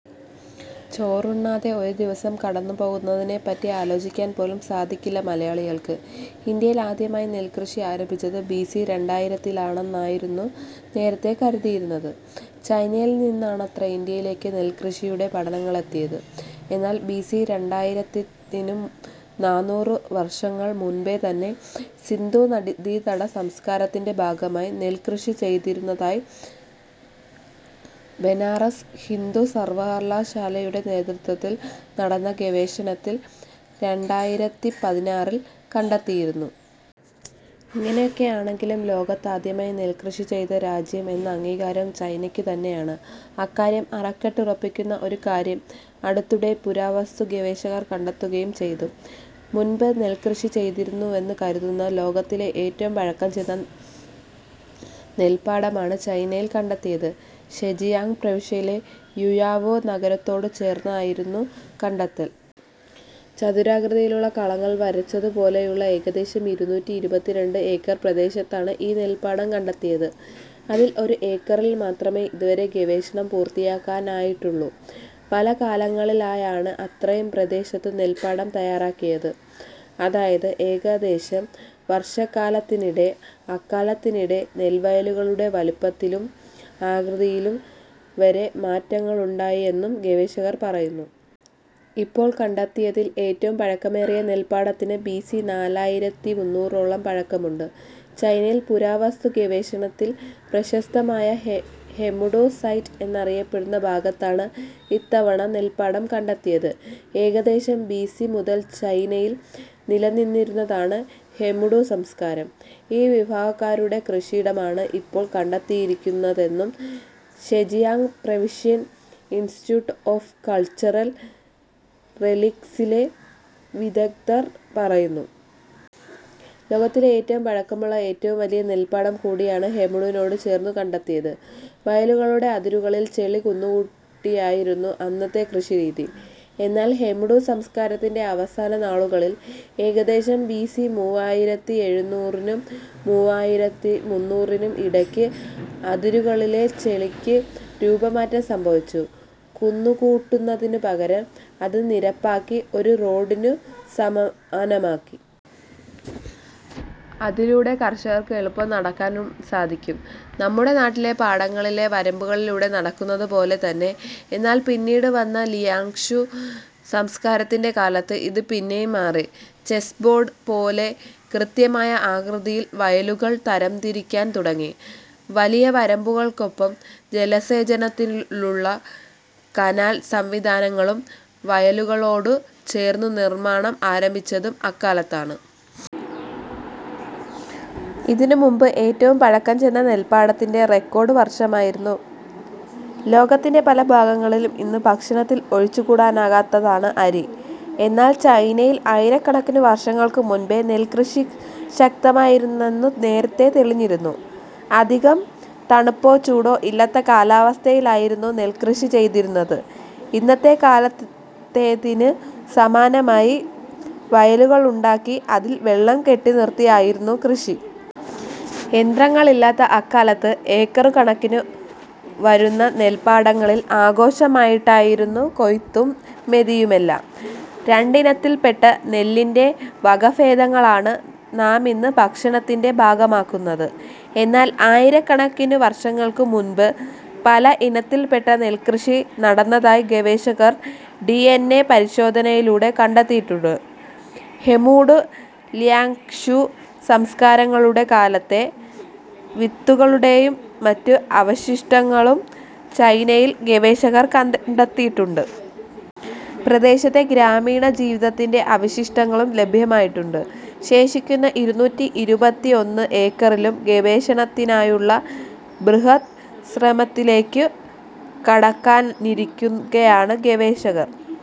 ചോറുണ്ണാതെ ഒരു ദിവസം കടന്നുപോകുന്നതിനെപ്പറ്റി ആലോചിക്കാൻ പോലും സാധിക്കില്ല മലയാളികൾക്ക്. ഇന്ത്യയിൽ ആദ്യമായി നെൽ കൃഷി ആരംഭിച്ചത് ബിസി രണ്ടായിരത്തിലാണെന്നായിരുന്നു നേരത്തേ കരുതിയിരുന്നത്. ചൈനയിൽനിന്നാണത്രേ ഇന്ത്യയിലേക്ക് നെൽകൃഷിയുടെ പാഠങ്ങളെത്തിയത്. എന്നാൽ ബിസി രണ്ടായിരത്തിത്തിനും നാന്നൂറ് വർഷം മുൻപേതന്നെ സിന്ധൂനദീതട സംസ്കാരത്തിൻ്റെ ഭാഗമായി നെൽകൃഷി ചെയ്തിരുന്നതായി ബനാറസ് ഹിന്ദു സർവകലാശാലയുടെ നേതൃത്വത്തിൽ നടന്ന ഗവേഷണത്തിൽ രണ്ടായിരത്തിപതിനാറിൽ കണ്ടെത്തിയിരുന്നു. ഇങ്ങനെയൊക്കെയാണെങ്കിലും ലോകത്ത് ആദ്യമായി നെൽകൃഷി ചെയ്ത രാജ്യം എന്ന അംഗീകാരം ചൈനയ്ക്കു തന്നെയാണ്. അക്കാര്യം അരക്കിട്ടുറപ്പിക്കുന്ന ഒരു കാര്യം അടുത്തിടെ പുരാവസ്തു ഗവേഷകർ കണ്ടെത്തുകയും ചെയ്തു. മുൻപ് നെൽകൃഷി ചെയ്തിരുന്നുവെന്നു കരുതുന്ന, ലോകത്തിലെ ഏറ്റവും പഴക്കം ചെന്ന നെൽപ്പാടമാണ് ചൈനയിൽ കണ്ടെത്തിയത്. ഷെജിയാങ് പ്രവിശ്യയിലെ യുയാവോ നഗരത്തോടു ചേർന്നായിരുന്നു കണ്ടെത്തൽ. ചതുരാകൃതിയിലുള്ള കളങ്ങൾ വരച്ചതു പോലെയുള്ള ഏകദേശം ഇരുന്നൂറ്റിഇരുപത്തിരണ്ട് ഏക്കർ പ്രദേശത്താണ് ഈ നെൽപ്പാടം കണ്ടെത്തിയത്. അതിൽ ഒരു ഏക്കറിൽ മാത്രമേ ഇതുവരെ ഗവേഷണം പൂർത്തിയാക്കാനായിട്ടുള്ളൂ. പല കാലങ്ങളിലായാണ് അത്രയും പ്രദേശത്ത് നെൽപ്പാടം തയാറാക്കിയത്. അതായത് ഏകദേശം വർഷക്കാലത്തിനിടെ. അക്കാലത്തിനിടെ നെൽവയലുകളുടെ വലുപ്പത്തിലും ആകൃതിയിലും വരെ മാറ്റങ്ങളുണ്ടായെന്നും ഗവേഷകർ പറയുന്നു. ഇപ്പോൾ കണ്ടെത്തിയതിൽ ഏറ്റവും പഴക്കമേറിയ നെൽപ്പാടത്തിന് ബിസി നാലായിരത്തിമുന്നൂറോളം പഴക്കമുണ്ട്. ചൈനയിൽ പുരാവസ്തു ഗവേഷണത്തിൽ പ്രശസ്തമായ ഹെമുഡു സൈറ്റ് എന്നറിയപ്പെടുന്ന ഭാഗത്താണ് ഇത്തവണ നെൽപ്പാടം കണ്ടെത്തിയത്. ഏകദേശം ബിസി മുതൽ ചൈനയിൽ നിലനിന്നിരുന്നതാണ് ഹെമുഡു സംസ്കാരം. ഈ വിഭാഗക്കാരുടെ കൃഷിയിടമാണ് ഇപ്പോൾ കണ്ടെത്തിയിരിക്കുന്നതെന്നും Zhejiang provincial institute of cultural റെലിക്സിലെ വിദഗ്ധർ പറയുന്നു. ലോകത്തിലെ ഏറ്റവും പഴക്കമുള്ള, ഏറ്റവും വലിയ നെൽപ്പാടം കൂടിയാണ് ഹെമുഡുവിനോടു ചേർന്നു കണ്ടെത്തിയത്. വയലുകളുടെ അതിരുകളിൽ ചെളി കുന്നുകൂട്ടിയായിരുന്നു അന്നത്തെ കൃഷി രീതി. എന്നാൽ ഹെമുഡു സംസ്കാരത്തിൻ്റെ അവസാന നാളുകളിൽ, ഏകദേശം ബിസി മുവ്വായിരത്തിഎഴുന്നൂറിനും മുവ്വായിരത്തിമുന്നൂറിനും ഇടയ്ക്ക് അതിരുകളിലെ ചെളിക്ക് രൂപമാറ്റം സംഭവിച്ചു. കുന്നുകൂട്ടുന്നതിനു പകരം അത് നിരപ്പാക്കി ഒരു റോഡിനു സമാനമാക്കി. അതിലൂടെ കർഷകർക്ക് എളുപ്പം നടക്കാനും സാധിക്കും. നമ്മുടെ നാട്ടിലെ പാടങ്ങളിലെ വരമ്പുകളിലൂടെ നടക്കുന്നതു പോലെത്തന്നെ! എന്നാൽ പിന്നീട് വന്ന ലിയാങ്ഷു സംസ്കാരത്തിൻ്റെ കാലത്ത് ഇതു പിന്നെയും മാറി. ചെസ് ബോർഡ് പോലെ കൃത്യമായ ആകൃതിയിൽ വയലുകൾ തരംതിരിക്കാൻ തുടങ്ങി. വലിയ വരമ്പുകൾക്കൊപ്പം ജലസേചനത്തിലുള്ള കനാൽ സംവിധാനങ്ങളും വയലുകളോടു ചേർന്നു നിർമാണം ആരംഭിച്ചതും അക്കാലത്താണ്. ഇതിനു മുൻപ് ഏറ്റവും പഴക്കം ചെന്ന നെൽപ്പാടത്തിൻ്റെ റെക്കോർഡ് വർഷമായിരുന്നു. ലോകത്തിൻ്റെ പല ഭാഗങ്ങളിലും ഇന്ന് ഭക്ഷണത്തിൽ ഒഴിച്ചുകൂടാനാകാത്തതാണ് അരി. എന്നാൽ ചൈനയിൽ ആയിരക്കണക്കിനു വർഷങ്ങൾക്കു മുൻപേ നെൽകൃഷി ശക്തമായിരുന്നെന്നു നേരത്തേ തെളിഞ്ഞിരുന്നു. അധികം തണുപ്പോ ചൂടോ ഇല്ലാത്ത കാലാവസ്ഥയിലായിരുന്നു നെൽകൃഷി ചെയ്തിരുന്നത്. ഇന്നത്തെ കാലത്തേതിനു സമാനമായി വയലുകളുണ്ടാക്കി അതിൽ വെള്ളം കെട്ടിനിർത്തിയായിരുന്നു കൃഷി. യന്ത്രങ്ങളില്ലാത്ത അക്കാലത്ത് ഏക്കറുകണക്കിനു വരുന്ന നെൽപ്പാടങ്ങളിൽ ആഘോഷമായിട്ടായിരുന്നു കൊയ്ത്തും മെതിയുമെല്ലാം. രണ്ടിനത്തിൽപ്പെട്ട നെല്ലിൻ്റെ വകഭേദങ്ങളാണ് നാമിന്ന് ഭക്ഷണത്തിൻ്റെ ഭാഗമാക്കുന്നത്. എന്നാൽ ആയിരക്കണക്കിനു വർഷങ്ങൾക്കു മുൻപ് പല ഇനത്തിൽപ്പെട്ട നെൽകൃഷി നടന്നതായി ഗവേഷകർ ഡി.എൻ.എ പരിശോധനയിലൂടെ കണ്ടെത്തിയിട്ടുണ്ട്. ഹെമുഡു, ലിയാങ്ഷു സംസ്കാരങ്ങളുടെ കാലത്തെ വിത്തുകളുടെയും മറ്റും അവശിഷ്ടങ്ങളും ചൈനയിൽ ഗവേഷകർ കണ്ടെത്തിയിട്ടുണ്ട്. പ്രദേശത്തെ ഗ്രാമീണജീവിതത്തിൻ്റെ അവശിഷ്ടങ്ങളും ലഭ്യമായിട്ടുണ്ട്. ശേഷിക്കുന്ന ഇരുന്നൂറ്റിഇരുപത്തിഒന്ന് ഏക്കറിലും ഗവേഷണത്തിനായുള്ള ബൃഹദ് ശ്രമത്തിലേക്കു കടക്കാനിരിക്കുകയാണ് ഗവേഷകർ.